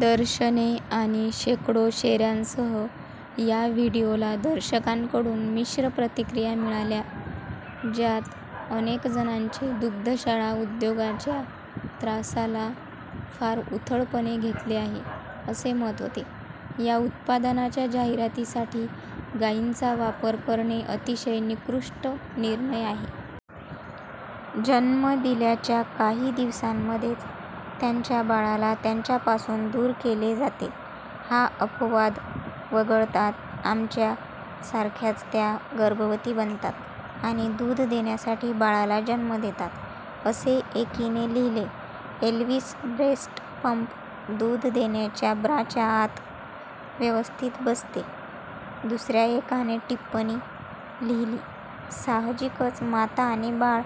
दर्शने आणि शेकडो शेऱ्यांसह, या व्हिडिओला दर्शकांकडून मिश्र प्रतिक्रिया मिळाल्या, ज्यात अनेक जणांचे दुग्धशाळा उद्योगाच्या "त्रासा"ला फार उथळपणे घेतले आहे असे मत होते. "या उत्पादनाच्या जाहिरातीसाठी गाईंचा वापर करणे अतिशय निकृष्ट निर्णय आहे. " जन्म दिल्याच्या काही दिवसांमध्येच त्यांच्या बाळाला त्यांच्या पासून दूर केले जाते हा अपवाद वगळता, आमच्या सारख्याच त्या गर्भवती बनतात आणि दूध देण्यासाठी बाळाला जन्म देतात," असे एकीने लिहिले. एल्विस ब्रेस्ट पंप दूध देण्याच्या ब्राच्या आत व्यवस्थित बसते दुसऱ्या एकाने टिप्पणी लिहिली: "साहजिकच माता आणि बाळ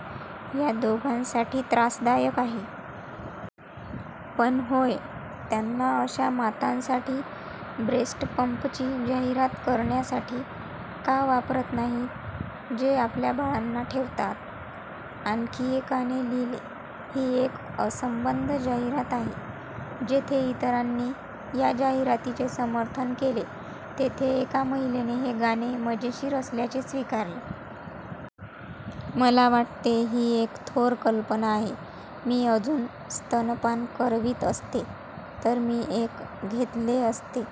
या दोघांसाठी त्रासदायक आहे. पण होय, त्यांना अशा मातांसाठी ब्रेस्ट पंपची जाहिरात करण्यासाठी का वापरत नाहीत, जे आपल्या बाळांना ठेवतात? " आणखी एकाने लिहिले: "ही एक असंबद्ध जाहिरात आहे. " जेथे इतरांनी या जाहिरातीचे समर्थन केले, तेथे एका महिलेने हे गाणे "मजेशीर" असल्याचे स्वीकारले. "मला वाटते ही एक थोर कल्पना आहे. मी अजून स्तनपान करवीत असते तर मी एक घेतले असते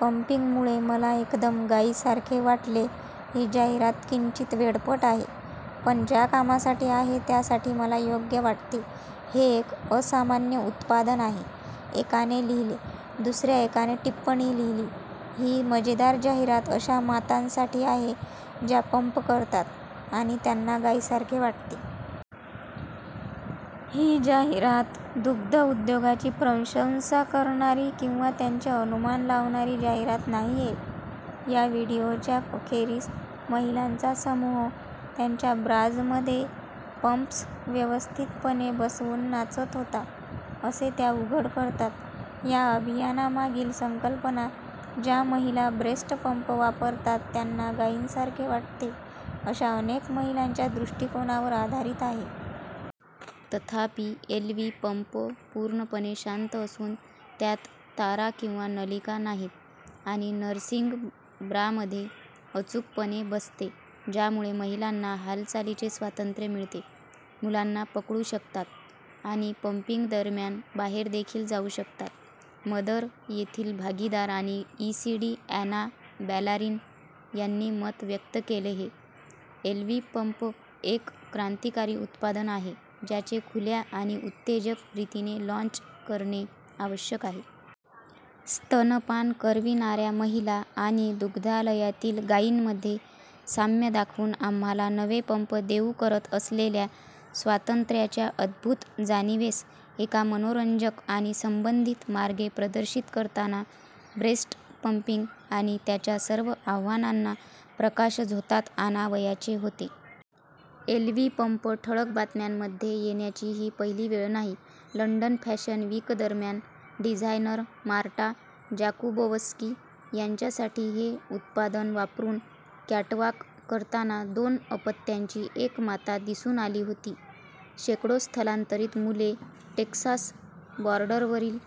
पंपिंगमुळे मला एकदम गाईसारखे वाटले ही जाहिरात किंचित वेडपट आहे पण ज्या कामासाठी आहे त्यासाठी मला योग्य वाटते हे एक असामान्य उत्पादन आहे," एकाने लिहिले दुसऱ्या एकाने टिप्पणी लिहिली: "ही मजेदार जाहिरात अशा मातांसाठी आहे ज्या पंप करतात आणि त्यांना गाईंसारखे वाटते. " ही जाहिरात दुग्ध उद्योगाची प्रशंसा करणारी किंवा त्याचे अनुमान लावणारी जाहिरात नाहीये. " या व्हिडिओच्या अखेरीस महिलांचा समूह त्यांच्या ब्राजमध्ये पंप्स व्यवस्थितपणे बसवून नाचत होता असे त्या उघड करतात. या अभियानामागील संकल्पना ज्या महिला ब्रेस्ट-पंप वापरतात त्यांना गाईंसारखे वाटते, अशा अनेक महिलांच्या दृष्टीकोनावर आधारित आहे. तथापि एल्वि पंप पूर्णपणे शांत असून, त्यात तारा किंवा नलिका नाहीत आणि नर्सिंग ब्रामध्ये अचूकपणे बसते, ज्यामुळे महिलांना हालचालीचे स्वातंत्र्य मिळते, मुलांना पकडू शकतात आणि पंपिंगदरम्यान बाहेर देखील जाऊ शकतात. मदर येथील भागीदार आणि ईसीडी अॅना बॅलारिन यांनी मत व्यक्त केले: एल्वि पंप एक क्रांतिकारी उत्पादन आहे, ज्याचे खुल्या आणि उत्तेजक रीतीने लाँच करणे आवश्यक आहे. स्तनपान करविणाऱ्या महिला आणि दुग्धालयातील गाईंमध्ये साम्य दाखवून, आम्हाला नवे पंप देऊ करत असलेल्या स्वातंत्र्याच्या अद्भुत जाणीवेस, एका मनोरंजक आणि संबंधित मार्गे प्रदर्शित करताना, ब्रेस्ट पंपिंग आणि त्याच्या सर्व आव्हानांना प्रकाशझोतात आणावयाचे होते. एल्वि पंप ठळक बातम्यांमध्ये येण्याची ही पहिली वेळ नाही. लंडन फॅशन विकदरम्यान, डिझायनर मार्टा जाकुबोव्स्की यांच्यासाठी, हे उत्पादन वापरून कॅटवाक करताना दोन अपत्यांची एक माता दिसून आली होती. शेकडो स्थलांतरित मुले टेक्सास बॉर्डरवरील